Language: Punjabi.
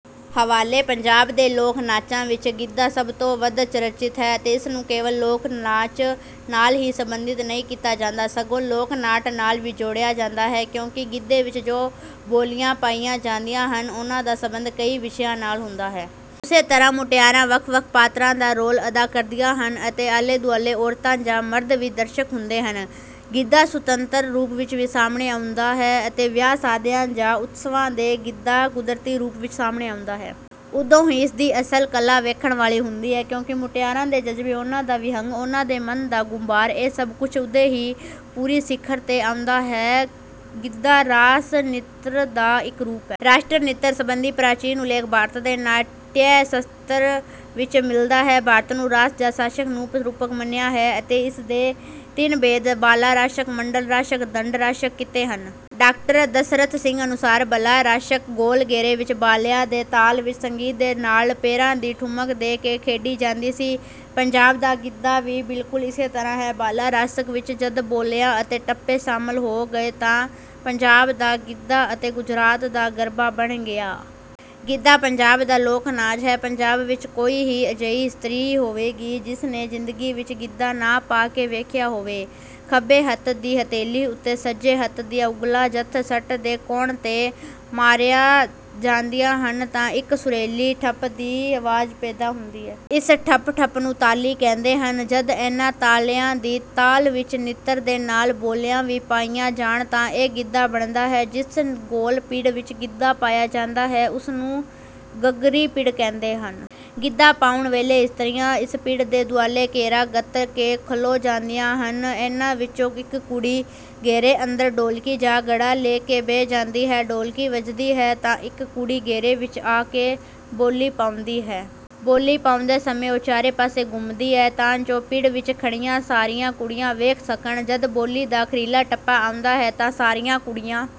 ਹਵਾਲੇ ਪੰਜਾਬ ਦੇ ਲੋਕ-ਨਾਚਾਂ ਵਿੱਚ ਗਿੱਧਾ ਸਭ ਤੋਂ ਵੱਧ ਚਰਚਿਤ ਹੈ ਅਤੇ ਇਸ ਨੂੰ ਕੇਵਲ ਲੋਕ-ਨਾਚ ਨਾਲ ਹੀ ਸਬੰਧਿਤ ਨਹੀਂ ਕੀਤਾ ਜਾਂਦਾ, ਸਗੋਂ ਲੋਕ-ਨਾਟ ਨਾਲ ਵੀ ਜੋੜਿਆ ਜਾਂਦਾ ਹੈ, ਕਿਉਂਕਿ ਗਿੱਧੇ ਵਿੱਚ ਜੋ ਬੋਲੀਆਂ ਪਾਈਆਂ ਜਾਂਦੀਆਂ ਹਨ, ਉਹਨਾਂ ਦਾ ਸੰਬੰਧ ਕਈ ਵਿਸ਼ਿਆਂ ਨਾਲ ਹੁੰਦਾ ਹੈ। ਉਸੇ ਤਰ੍ਹਾਂ ਮੁਟਿਆਰਾਂ ਵੱਖ-ਵੱਖ ਪਾਤਰਾਂ ਦਾ ਰੋਲ ਅਦਾ ਕਰਦੀਆਂ ਹਨ ਅਤੇ ਆਲੇ-ਦੁਆਲੇ ਔਰਤਾਂ ਜਾਂ ਮਰਦ ਵੀ ਦਰਸ਼ਕ ਹੁੰਦੇ ਹਨ। ਗਿੱਧਾ ਸੁਤੰਤਰ ਰੂਪ ਵਿੱਚ ਵੀ ਸਾਹਮਣੇ ਆਉਂਦਾ ਹੈ ਅਤੇ ਵਿਆਹ-ਸ਼ਾਦੀਆਂ ਜਾਂ ਉਤਸਵਾਂ 'ਤੇ ਗਿੱਧਾ ਕੁਦਰਤੀ ਰੂਪ ਵਿੱਚ ਸਾਹਮਣੇ ਆਉਂਦਾ ਹੈ। ਉਦੋਂ ਹੀ ਇਸ ਦੀ ਅਸਲ ਕਲਾ ਵੇਖਣ ਵਾਲੀ ਹੁੰਦੀ ਹੈ, ਕਿਉਂਕਿ ਮੁਟਿਆਰਾਂ ਦੇ ਜਜ਼ਬੇ, ਉਹਨਾਂ ਦਾ ਵਿਅੰਗ, ਉਹਨਾਂ ਦੇ ਮਨ ਦਾ ਗ਼ੁਬਾਰ ਇਹ ਸਭ ਕੁਝ ਉਦੋਂ ਹੀ ਪੂਰੀ ਸਿਖਰ 'ਤੇ ਆਉਂਦਾ ਹੈ। ਗਿੱਧਾ ਰਾਸ-ਨ੍ਰਿਤ ਦਾ ਇੱਕ ਰੂਪ ਹੈ। ਰਾਸ-ਨ੍ਰਿਤ ਸੰਬੰਧੀ ਪ੍ਰਾਚੀਨ ਉੱਲੇਖ ਭਾਰਤ ਦੇ ਨਾਟਯ-ਸ਼ਾਸਤਰ ਵਿੱਚ ਮਿਲਦਾ ਹੈ। ਭਾਰਤ ਨੂੰ ਰਾਸ ਜਾਂ ਰਾਸਕ ਨੂੰ ਉਪ-ਰੂਪਕ ਮੰਨਿਆ ਹੈ ਅਤੇ ਇਸ ਦੇ ਤਿੰਨ ਭੇਦ - ਭਾਲਾ ਰਾਸਕ, ਮੰਡਲ ਰਾਸਕ, ਦੰਡ ਰਾਸਕ ਕੀਤੇ ਹਨ। "ਡਾਕਟਰ ਦਸਰਥ ਸਿੰਘ ਅਨੁਸਾਰ, "ਭਾਲਾ ਰਾਸਕ ਗੋਲ ਘੇਰੇ ਵਿੱਚ ਭਾਲੀਆਂ ਦੇ ਤਾਲ ਵਿੱਚ ਸੰਗੀਤ ਦੇ ਨਾਲ ਪੈਰਾਂ ਦੀ ਠੁਮਕ ਦੇ ਕੇ ਖੇਡੀ ਜਾਂਦੀ ਸੀ। ਪੰਜਾਬ ਦਾ ਗਿੱਧਾ ਵੀ ਬਿਲਕੁਲ ਇਸੇ ਤਰ੍ਹਾਂ ਹੈ, ਭਾਲਾ ਰਾਸਕ ਵਿੱਚ ਜਦ ਬੋਲੀਆਂ ਅਤੇ ਟੱਪੇ ਸ਼ਾਮਲ ਹੋ ਗਏ ਤਾਂ ਪੰਜਾਬ ਦਾ ਗਿੱਧਾ ਅਤੇ ਗੁਜਰਾਤ ਦਾ ਗਰਬਾ ਬਣ ਗਿਆ।" ਗਿੱਧਾ ਪੰਜਾਬ ਦਾ ਲੋਕ-ਨਾਚ ਹੈ। ਪੰਜਾਬ ਵਿੱਚ ਕੋਈ ਹੀ ਅਜਿਹੀ ਇਸਤਰੀ ਹੋਵੇਗੀ ਜਿਸ ਨੇ ਜ਼ਿੰਦਗੀ ਵਿੱਚ ਗਿੱਧਾ ਨਾ ਪਾ ਕੇ ਵੇਖਿਆ ਹੋਵੇ। ਖੱਬੇ ਹੱਥ ਦੀ ਹਥੇਲੀ ਉੱਤੇ ਸੱਜੇ ਹੱਥ ਦੀਆਂ ਉਂਗਲਾਂ ਜਦ ਸੱਠ ਦੇ ਕੋਣ 'ਤੇ ਮਾਰੀਆਂ ਜਾਂਦੀਆਂ ਹਨ ਤਾਂ ਇੱਕ ਸੁਰੀਲੀ ਠੱਪ ਦੀ ਆਵਾਜ਼ ਪੈਦਾ ਹੁੰਦੀ ਹੈ। ਇਸ ਠੱਪ-ਠੱਪ ਨੂੰ ਤਾਲੀ ਕਹਿੰਦੇ ਹਨ। ਜਦ ਇਹਨਾਂ ਤਾਲੀਆਂ ਦੀ ਤਾਲ ਵਿੱਚ ਨ੍ਰਿਤ ਦੇ ਨਾਲ ਬੋਲੀਆਂ ਵੀ ਪਾਈਆਂ ਜਾਣ ਤਾਂ ਇਹ ਗਿੱਧਾ ਬਣਦਾ ਹੈ। ਜਿਸ ਗੋਲ ਪਿੜ ਵਿੱਚ ਗਿੱਧਾ ਪਾਇਆ ਜਾਂਦਾ ਹੈ, ਉਸ ਨੂੰ ਘੱਗਰੀ-ਪਿੜ ਕਹਿੰਦੇ ਹਨ। ਗਿੱਧਾ ਪਾਉਣ ਵੇਲੇ ਇਸਤਰੀਆਂ ਇਸ ਪਿੜ ਦੇ ਦੁਆਲੇ ਘੇਰਾ ਘੱਤ ਕੇ ਖਲੋ ਜਾਂਦੀਆਂ ਹਨ, ਇਹਨਾਂ ਵਿੱਚੋਂ ਇੱਕ ਕੁੜੀ ਘੇਰੇ ਅੰਦਰ ਢੋਲਕੀ ਜਾਂ ਘੜਾ ਲੈ ਕੇ ਬਹਿ ਜਾਂਦੀ ਹੈ। ਢੋਲਕੀ ਵੱਜਦੀ ਹੈ ਤਾਂ ਇੱਕ ਕੁੜੀ ਘੇਰੇ ਵਿੱਚ ਆ ਕੇ ਬੋਲੀ ਪਾਉਂਦੀ ਹੈ। ਬੋਲੀ ਪਾਉਂਦੇ ਸਮੇਂ ਉਹ ਚਾਰੇ ਪਾਸੇ ਘੁੰਮਦੀ ਹੈ, ਤਾਂ ਜੋ ਪਿੜ ਵਿੱਚ ਖੜ੍ਹੀਆਂ ਸਾਰੀਆਂ ਕੁੜੀਆਂ ਵੇਖ ਸਕਣ। ਜਦ ਬੋਲੀ ਦਾ ਅਖ਼ੀਰਲਾ ਟੱਪਾ ਆਉਂਦਾ ਹੈ ਤਾਂ ਸਾਰੀਆਂ ਕੁੜੀਆਂ